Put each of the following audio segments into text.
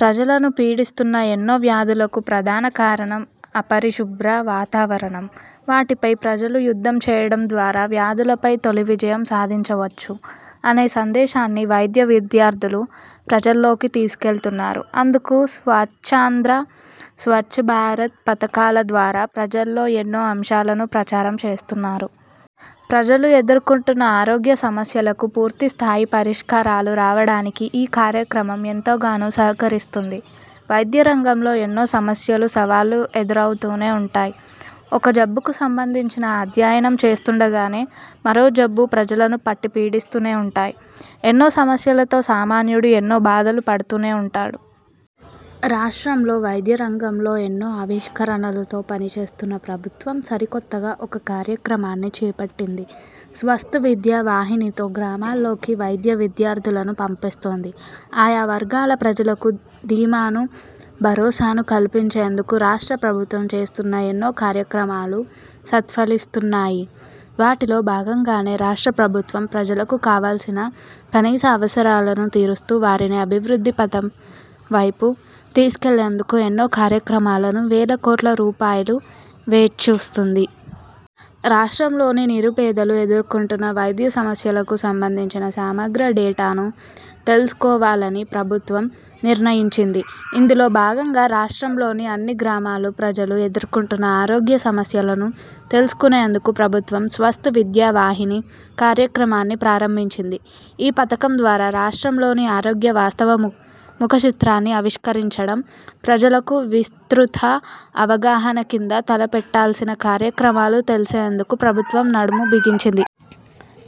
ప్రజలను పీడిస్తున్న ఎన్నో వ్యాధులకు ప్రధాన కారణం అపరిశుభ్ర వాతావరణం. వాటిపై ప్రజలు యుద్ధం చేయడం ద్వారా వ్యాధులపై తొలి విజయం సాధించవచ్చు అనే సందేశాన్ని వైద్య విద్యార్థులు ప్రజల్లోకి తీసుకెళ్తున్నారు. అందుకు స్వచ్ఛాంధ్ర, స్వచ్ఛభారత్ పథకాల ద్వారా ప్రజల్లో ఎన్నో అంశాలను ప్రచారం చేస్తున్నారు. ప్రజలు ఎదుర్కొంటున్న ఆరోగ్య సమస్యలకు పూర్తి స్థాయి పరిష్కారాలు రావడానికి ఈ కార్యక్రమం ఎంతగానో సహకరిస్తుంది. వైద్య రంగంలో ఎన్నో సమస్యలు, సవాళ్లూ ఎదురవుతూనే ఉంటాయి. ఒక జబ్బుకు సంబంధించి అధ్యయనం చేస్తుండగానే మరో జబ్బు ప్రజలను పట్టిపీడిస్తూనే ఉంటాయి. ఎన్నో సమస్యలతో సామాన్యుడు ఎన్నో బాధలు పడుతూనే ఉన్నాడు. రాష్ట్రంలో వైద్య రంగంలో ఎన్నో ఆవిష్కరణలతో పనిచేస్తున్న ప్రభుత్వం సరికొత్తగా ఒక కార్యక్రమాన్ని చేపట్టింది. స్వాస్థ్ విద్యా వాహిణితో గ్రామాల్లోకి వైద్య విద్యార్థులను పంపిస్తోంది. ఆయా వర్గాల ప్రజలకు ధీమాను, భరోసాను కల్పించేందుకు రాష్ట్ర ప్రభుత్వం చేస్తున్న ఎన్నో కార్యక్రమాలు సత్ఫలితాలనిస్తున్నాయి. వాటిలో భాగంగానే రాష్ట్ర ప్రభుత్వం ప్రజలకు కావాల్సిన కనీస అవసరాలను తీరుస్తూ, వారిని అభివృద్ధి పథం వైపు తీసుకెళ్లేందుకు ఎన్నో కార్యక్రమాలను, వేల కోట్ల రూపాయలు వెచ్చిస్తోంది. రాష్ట్రంలోని నిరుపేదలు ఎదుర్కొంటున్న వైద్య సమస్యలకు సంబంధించి సమగ్ర డేటాను తెలుసుకోవాలని ప్రభుత్వం నిర్ణయించింది. ఇందులో భాగంగా రాష్ట్రంలోని అన్ని గ్రామాల్లో ప్రజలు ఎదుర్కొంటున్న ఆరోగ్య సమస్యలను తెలుసుకునేందుకు ప్రభుత్వం స్వాస్థ్ విద్యా వాహిని కార్యక్రమాన్ని ప్రారంభించింది. ఈ పథకం ద్వారా రాష్ట్రంలోని ఆరోగ్య వాస్తవ ముఖచిత్రాన్ని ఆవిష్కరించడం, ప్రజలకు విస్తృత అవగాహన కింద తలపెట్టాల్సిన కార్యక్రమాలు తెలుసుకునేందుకు ప్రభుత్వం నడుం బిగించింది.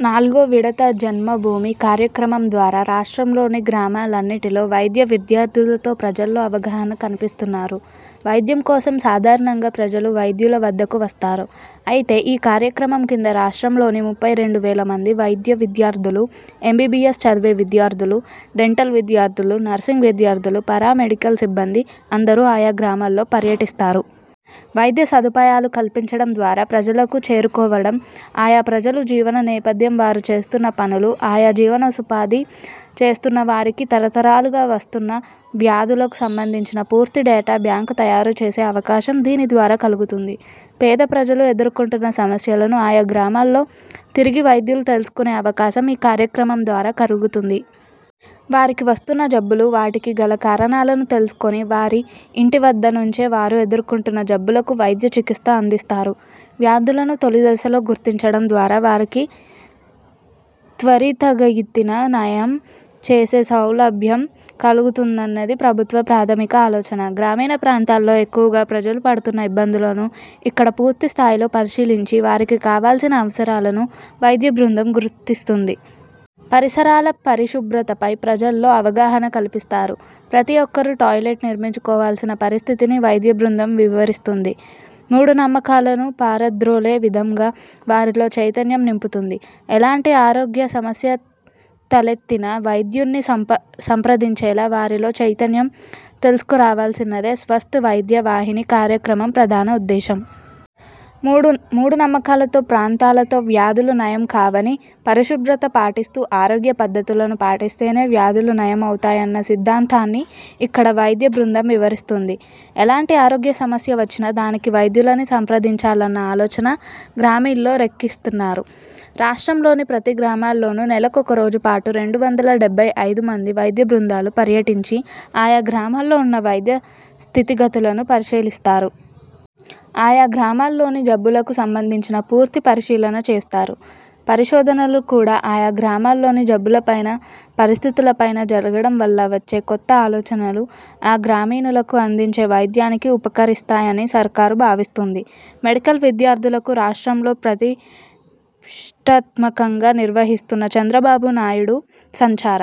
నాల్గో విడత జన్మభూమి కార్యక్రమం ద్వారా రాష్ట్రంలోని గ్రామాలన్నింటిలో వైద్య విద్యార్థులతో ప్రజల్లో అవగాహన కల్పిస్తున్నారు. వైద్యం కోసం సాధారణంగా ప్రజలు వైద్యుల వద్దకు వస్తారు. అయితే ఈ కార్యక్రమం కింద రాష్ట్రంలోని ముప్పై రెండు వేల మంది వైద్య విద్యార్థులు, ఎంబీబీఎస్ చదివే విద్యార్థులు, డెంటల్ విద్యార్థులు, నర్సింగ్ విద్యార్థులు, పారా మెడికల్ సిబ్బంది అందరూ ఆయా గ్రామాల్లో పర్యటిస్తారు. వైద్య సదుపాయాలు కల్పించడం ద్వారా ప్రజలకు చేరువకావడం, ఆయా ప్రజలు జీవన నేపథ్యం, వారు చేస్తున్న పనులు, ఆయా జీవనోపాధి చేస్తున్నవారికి తరతరాలుగా వస్తున్న వ్యాధులకు సంబంధించి పూర్తి డేటా బ్యాంక్ తయారు చేసే అవకాశం దీని ద్వారా కలుగుతుంది. పేద ప్రజలు ఎదుర్కొంటున్న సమస్యలను ఆయా గ్రామాల్లో తిరిగే వైద్యులు తెలుసుకునే అవకాశం ఈ కార్యక్రమం ద్వారా కలుగుతుంది. వారికి వస్తున్న జబ్బులు, వాటికి గల కారణాలను తెలుసుకొని వారి ఇంటి వద్ద నుంచే వారు ఎదుర్కొంటున్న జబ్బులకు వైద్య చికిత్సను అందిస్తారు. వ్యాధులను తొలిదశలో గుర్తించడం ద్వారా వారికి త్వరితగతిన నయం చేసే సౌలభ్యం కలుగుతుందన్నది ప్రభుత్వ ప్రాధమిక ఆలోచన. గ్రామీణ ప్రాంతాల్లో ఎక్కువగా ప్రజలు పడుతున్న ఇబ్బందులను ఇక్కడ పూర్తి స్థాయిలో పరిశీలించి, వారికి కావల్సిన అవసరాలను వైద్య బృందం గుర్తిస్తుంది. పరిసరాల పరిశుభ్రతపై ప్రజల్లో అవగాహన కల్పిస్తారు. ప్రతి ఒక్కరూ టాయిలెట్ నిర్మించుకోవాల్సిన పరిస్థితిని వైద్య బృందం వివరిస్తుంది. మూఢనమ్మకాలను పారద్రోలే విధంగా వారిలో చైతన్యం నింపుతుంది. ఎలాంటి ఆరోగ్య సమస్య తలెత్తినా వైద్యుడ్ని సంప్రదించేలా వారిలో చైతన్యం తీసుకురావాలన్నదే స్వాస్థ్ వైద్య వాహిణి కార్యక్రమ ప్రధాన ఉద్దేశం. మూఢ నమ్మకాలతో, మంత్రాలతో వ్యాధులు నయం కావని, పరిశుభ్రత పాటిస్తూ, ఆరోగ్య పద్ధతులను పాటిస్తేనే వ్యాధులు నయం అవుతాయన్న సిద్ధాంతాన్ని ఇక్కడ వైద్య బృందం వివరిస్తుంది. ఎలాంటి ఆరోగ్య సమస్య వచ్చినా దానికి వైద్యులను సంప్రదించాలన్న ఆలోచన గ్రామీణుల్లో రేకెత్తిస్తారు. రాష్ట్రంలోని ప్రతి గ్రామంలోనూ నెలకు ఒక రోజు పాటు రెండు వందల డెబ్బై ఐదు మంది వైద్య బృందాలు పర్యటించి ఆయా గ్రామాల్లో ఉన్న వైద్య స్థితిగతులను పరిశీలిస్తారు. ఆయా గ్రామాల్లోని జబ్బులకు సంబంధించి పూర్తి పరిశీలన చేస్తారు. పరిశోధనలు కూడా ఆయా గ్రామాల్లోని జబ్బులపైనా, పరిస్థితులపైనా జరగడం వల్ల వచ్చే కొత్త ఆలోచనలు ఆ గ్రామీణులకు అందించే వైద్యానికి ఉపకరిస్తాయని సర్కారు భావిస్తోంది. మెడికల్ విద్యార్థులకు రాష్ట్రంలో ప్రతిష్టాత్మకంగా నిర్వహిస్తున్న చంద్రబాబు నాయుడు సంచార